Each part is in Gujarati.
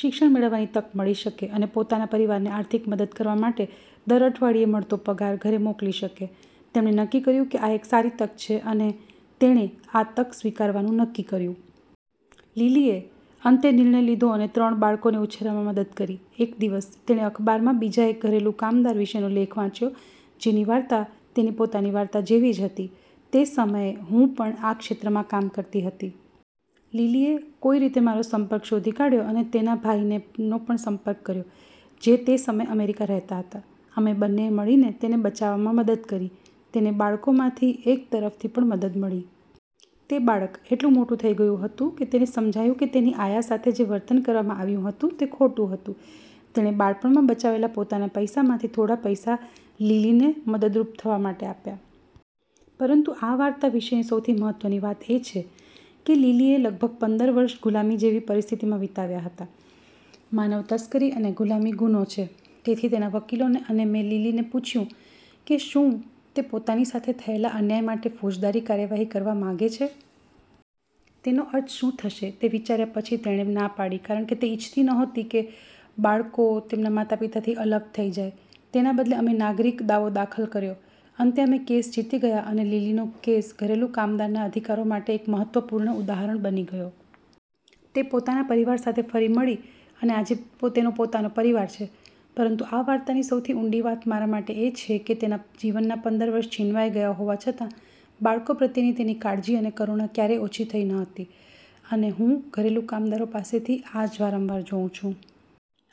શિક્ષણ મેળવવાની તક મળી શકે અને પોતાના પરિવારને આર્થિક મદદ કરવા માટે દર અઠવાડિયે મળતો પગાર ઘરે મોકલી શકે. તેમણે નક્કી કર્યું કે આ એક સારી તક છે અને તેણે આ તક સ્વીકારવાનું નક્કી કર્યું. લિલીએ અંતે નિર્ણય લીધો અને ત્રણ બાળકોને ઉછેરવામાં મદદ કરી. એક દિવસ, તેણે અખબારમાં બીજા એક ઘરેલું કામદાર વિશેનો લેખ વાંચ્યો, જેની વાર્તા તેની પોતાની વાર્તા જેવી જ હતી. તે સમયે હું પણ આ ક્ષેત્રમાં કામ કરતી હતી. લિલીએ કોઈ રીતે મારો સંપર્ક શોધી કાઢ્યો અને તેના ભાઈનો પણ સંપર્ક કર્યો, જે તે સમયે અમેરિકામાં રહેતા હતા. અમે બંનેએ મળીને તેને બચાવવામાં મદદ કરી. તેને બાળકોમાંથી એક તરફથી પણ મદદ મળી. તે બાળક એટલું મોટું થઈ ગયું હતું કે તેને સમજાયું કે તેની આયા સાથે જે વર્તન કરવામાં આવ્યું હતું તે ખોટું હતું. તેણે બાળપણમાં બચાવેલા પોતાના પૈસામાંથી થોડા પૈસા લિલીને મદદરૂપ થવા માટે આપ્યા. પરંતુ આ વાર્તા વિશેની સૌથી મહત્વની વાત એ છે કે લિલીએ લગભગ પંદર વર્ષ ગુલામી જેવી પરિસ્થિતિમાં વિતાવ્યાં હતાં. માનવ તસ્કરી અને ગુલામી ગુનો છે. તેથી તેના વકીલો અને મેં લિલીને પૂછ્યું કે શું તે પોતાની સાથે થયેલા અન્યાય માટે ફોજદારી કાર્યવાહી કરવા માંગે છે. તેનો અર્થ શું થશે તે વિશે વિચાર્યા પછી તેણે ના પાડી, કારણ કે તે ઇચ્છતી નહોતી કે બાળકો તેમના માતા-પિતાથી અલગ થઈ જાય. તેના બદલે, અમે નાગરિક દાવો દાખલ કર્યો. અંતે અમે કેસ જીતી ગયા અને લિલીનો કેસ ઘરેલું કામદારોના અધિકારો માટે એક મહત્વપૂર્ણ ઉદાહરણ બની ગયો. તે પોતાના પરિવાર સાથે ફરી મળી અને આજે તેનો પોતાનો પરિવાર છે. પરંતુ આ વાર્તાની સૌથી ઊંડી વાત મારા માટે એ છે કે તેના જીવનના પંદર વર્ષ છીનવાઈ ગયા હોવા છતાં, બાળકો પ્રત્યેની તેની કાળજી અને કરુણા ક્યારેય ઓછી થઈ નહોતી, અને હું ઘરેલું કામદારો પાસેથી આ જ વારંવાર જોઉં છું.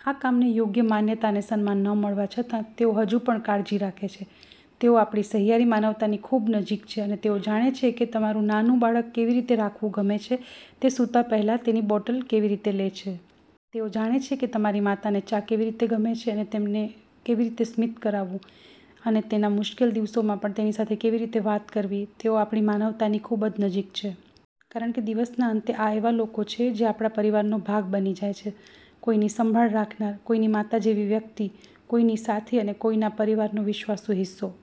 આ કામને યોગ્ય માન્યતા અને સન્માન ન મળવા છતાં, તેઓ હજુ પણ કાળજી રાખે છે. તેઓ આપણી સહિયારી માનવતાની ખૂબ નજીક છે. તેઓ જાણે છે કે તમારું નાનું બાળક કેવી રીતે રાખવું ગમે છે, તે સૂતા પહેલાં તેની બોટલ કેવી રીતે લે છે. તેઓ જાણે છે કે તમારી માતાને ચા કેવી રીતે ગમે છે, તેને કેવી રીતે સ્મિત કરાવવું અને તેના મુશ્કેલ દિવસોમાં પણ તેની સાથે કેવી રીતે વાત કરવી. તેઓ આપણી માનવતાની ખૂબ નજીક છે. કારણ કે દિવસના અંતે, આ એવા લોકો છે જે આપણા પરિવારોનો ભાગ બની જાય છે, કોઈની સંભાળ રાખનાર, કોઈની માતા જેવી વ્યક્તિ, કોઈની સાથી અને કોઈના પરિવારનો વિશ્વાસુ હિસ્સો